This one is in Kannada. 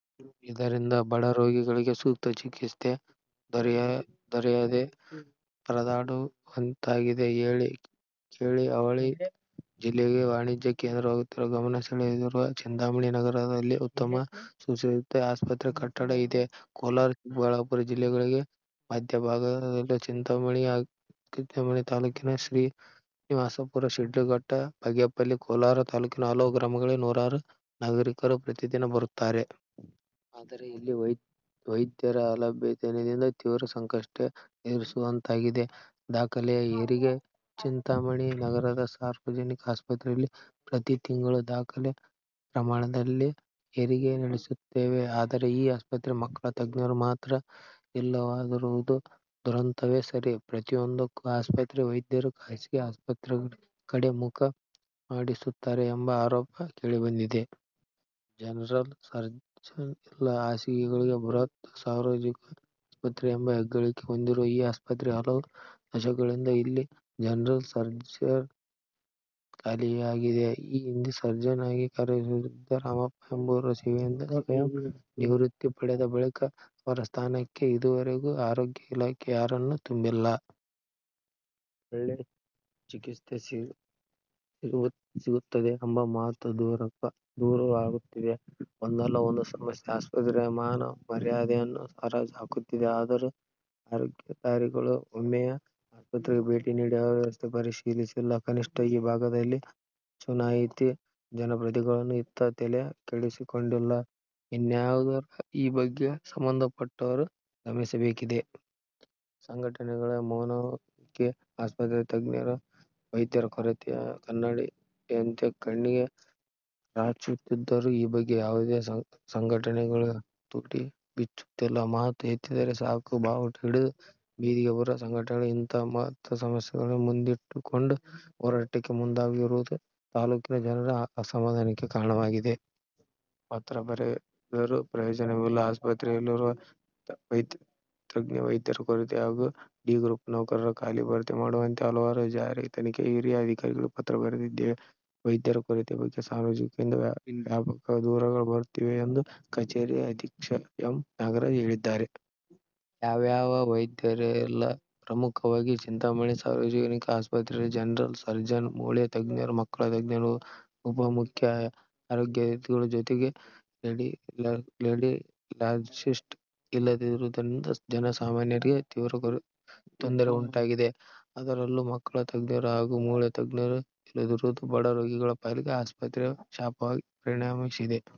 ಇದರಿಂದ ಬಡ ರೋಗಿಗಳಿಗೆ ಸೂಕ್ತ ಚಿಕಿತ್ಸೆ ದೊರೆಯದೇ ಪರದಾಡುವಂತಾಗಿದೆ. ಹೇಳಿ, ಕೇಳಿ ಅವಳಿ ಜಿಲ್ಲೆಯಲ್ಲಿಯೇ ವಾಣಿಜ್ಯ ಕೇಂದ್ರವಾಗಿರುವ ಗಮನ ಸೆಳೆದಿರುವ ಚಿಂತಾಮಣಿ ನಗರದಲ್ಲಿ ಉತ್ತಮ ಸುಸಜ್ಜಿತ ಆಸ್ಪತ್ರೆ ಕಟ್ಟಡ ಇದೆ. ಕೋಲಾರ-ಚಿಕ್ಕಬಳ್ಳಾಪುರ ಜಿಲ್ಲೆಗಳಿಗೆ ಮಧ್ಯಭಾಗದಲ್ಲಿರುವ ಚಿಂತಾಮಣಿ ತಾಲೂಕಿಗೆ ಶ್ರೀನಿವಾಸಪುರ, ಶಿಡ್ಲಘಟ್ಟ, ಬಾಗೇಪಲ್ಲಿ, ಕೋಲಾರ ತಾಲೂಕಿನ ಹಲವು ಗ್ರಾಮಗಳ ನೂರಾರು ನಾಗರಿಕರು ಪ್ರತಿದಿನ ಬರುತ್ತಾರೆ. ಆದರೆ ಇಲ್ಲಿ ವೈದ್ಯರ ಅಲಭ್ಯತೆಯಿಂದ ತೀವ್ರ ಸಂಕಷ್ಟ ಎದುರಿಸುವಂತಾಗಿದೆ. ದಾಖಲೆಯ ಹೆರಿಗೆ: ಚಿಂತಾಮಣಿ ನಗರದ ಸಾರ್ವಜನಿಕ ಆಸ್ಪತ್ರೆಯಲ್ಲಿ ಪ್ರತಿ ತಿಂಗಳು ದಾಖಲೆ ಪ್ರಮಾಣದಲ್ಲಿ ಹೆರಿಗೆ ನಡೆಯುತ್ತೇವೆ. ಆದರೆ ಈ ಆಸ್ಪತ್ರೆಯಲ್ಲಿ ಮಕ್ಕಳ ತಜ್ಞರು ಮಾತ್ರ ಇಲ್ಲವಾಗಿರುವುದು ದುರಂತವೇ ಸರಿ. ಪ್ರತಿಯೊಂದಕ್ಕೂ ಆಸ್ಪತ್ರೆಯ ವೈದ್ಯರು ಖಾಸಗಿ ಆಸ್ಪತ್ರೆಗಳ ಕಡೆ ಮುಖ ಮಾಡಿಸುತ್ತಾರೆ ಎಂಬ ಆರೋಪ ಕೇಳಿಬಂದಿದೆ. ಜನರಲ್ ಸರ್ಜನ್ ಇಲ್ಲ: ಹಾಸಿಗೆಗಳ ಬೃಹತ್ ಸಾರ್ವಜನಿಕ ಆಸ್ಪತ್ರೆ ಎಂಬ ಹೆಗ್ಗಳಿಕೆ ಹೊಂದಿರುವ ಈ ಆಸ್ಪತ್ರೆಯಲ್ಲಿ ಹಲವು ದಶಕಗಳಿಂದ ಇಲ್ಲಿ ಜನರಲ್ ಸರ್ಜನ್ ಖಾಲಿಯಾಗಿದೆ. ಈ ಹಿಂದೆ ಸರ್ಜನ್ ಆಗಿ ಕಾರ್ಯನಿರ್ವಹಿಸುತ್ತಿದ್ದ ರಾಮಪ್ಪಎಂಬುವರು ಸೇವೆಯಿಂದ ಸ್ವಯಂ ನಿವೃತ್ತಿ ಪಡೆದ ಬಳಿಕ ಅವರ ಸ್ಥಾನಕ್ಕೆ ಇದುವರೆಗೂ ಆರೋಗ್ಯ ಇಲಾಖೆ ಯಾರನ್ನು ತುಂಬಿಲ್ಲ. ಒಳ್ಳೆ ಚಿಕಿತ್ಸೆ ಸಿಗುತ್ತದೆಯೆಂಬ ಮಾತು ದೂರವಾಗುತ್ತಿದೆ. ಒಂದಲ್ಲ ಒಂದು ಸಮಸ್ಯೆ ಆಸ್ಪತ್ರೆಯ ಮಾನ ಮರ್ಯಾದೆಯನ್ನು ಹರಾಜು ಹಾಕುತ್ತಿದೆ. ಆದರೂ ಆರೋಗ್ಯಾಧಿಕಾರಿಗಳು ಒಮ್ಮೆಯೂ ಆಸ್ಪತ್ರೆಗೆ ಭೇಟಿ ನೀಡಿ ಅವ್ಯವಸ್ಥೆ ಪರಿಶೀಲಿಸಿಲ್ಲ. ಕನಿಷ್ಠ ಈ ಭಾಗದ ಚುನಾಯಿತ ಜನಪ್ರತಿನಿಧಿಗಳು ಇತ್ತ ತಲೆ ಕೆಡಿಸಿಕೊಂಡಿಲ್ಲ. ಇನ್ನಾದರೂ ಈ ಬಗ್ಗೆ ಸಂಬಂಧಪಟ್ಟವರು ಗಮನಿಸಬೇಕಿದೆ. ಸಂಘಟನೆಗಳ ಮೌನವೇಕೆ?: ಆಸ್ಪತ್ರೆಯಲ್ಲಿ ತಜ್ಞ ವೈದ್ಯರ ಕೊರತೆ ಕನ್ನಡಿಯಂತೆ ಕಣ್ಣಿಗೆ ರಾಚುತ್ತಿದ್ದರೂ ಈ ಬಗ್ಗೆ ಯಾವುದೇ ಸಂಘಟನೆಗಳು ತುಟಿ ಬಿಚ್ಚುತ್ತಿಲ್ಲ. ಮಾತು ಎತ್ತರೆ ಸಾಕು ಬಾವುಟ ಹಿಡಿದು ಬೀದಿಗೆ ಬರುವ ಸಂಘಟನೆಗಳು ಇತಂಹ ಮಹತ್ವದ ಸಮಸ್ಯೆಗಳನ್ನು ಮುಂದಿಟ್ಟುಕೊಂಡು ಹೋರಾಟಕ್ಕೆ ಮುಂದಾಗದಿರುವುದು ತಾಲೂಕಿನ ಜನರ ಅಸಮಾಧಾನಕ್ಕೆ ಕಾರಣವಾಗಿದೆ. ಪತ್ರ ಬರೆದರೂ ಪ್ರಯೋಜನವಿಲ್ಲ: ಆಸ್ಪತ್ರೆಯಲ್ಲಿರುವ ತಜ್ಞ ವೈದ್ಯರ ಕೊರತೆ ಹಾಗೂ ಡಿ ಗ್ರೂಪ್ ನೌಕರರ ಖಾಲಿ ಭರ್ತಿ ಮಾಡುವಂತೆ ಹಲವಾರು ಬಾರಿ ಇಲಾಖೆಗೆ ಹಿರಿಯ ಅಧಿಕಾರಿಗಳಿಗೆ ಪತ್ರ ಬರೆದಿದ್ದೇವೆ. ವೈದ್ಯರ ಕೊರತೆ ಬಗ್ಗೆ ಸಾರ್ವಜನಿಕರಿಂದ ವ್ಯಾಪಕ ದೂರುಗಳು ಬರುತ್ತಿವೆ ಎಂದು ಕಚೇರಿ ಅಧೀಕ್ಷಕ ಎಂ. ನಾಗರಾಜ್ ಹೇಳಿದ್ದಾರೆ. ಯಾವ್ಯಾವ ವೈದ್ಯರಿಲ್ಲ? ಪ್ರಮುಖವಾಗಿ ಚಿಂತಾಮಣಿ ಸಾರ್ವಜನಿಕ ಆಸ್ಪತ್ರೆಯಲ್ಲಿ ಜನರಲ್ ಸರ್ಜನ್, ಮೂಳೆ ತಜ್ಞರು, ಮಕ್ಕಳ ತಜ್ಞರು, ಉಪ ಮುಖ್ಯ ಆರೋಗ್ಯಾಧಿಕಾರಿಗಳು ಜೊತೆಗೆ ರೆಡಿಯಾಲಾಜಿಸ್ಟ್ ಇಲ್ಲದಿರುವುದರಿಂದ ಜನ ಸಾಮಾನ್ಯರಿಗೆ ತೀವ್ರ ತೊಂದರೆ ಉಂಟಾಗಿದೆ. ಅದರಲ್ಲೂ ಮಕ್ಕಳ ತಜ್ಞರು ಹಾಗೂ ಮೂಳೆ ತಜ್ಞರು ಇಲ್ಲದಿರುವುದು ಬಡ ರೋಗಿಗಳು ಪಾಲಿಗೆ ಆಸ್ಪತ್ರೆ ಶಾಪವಾಗಿ ಪರಿಣಮಿಸಿದೆ.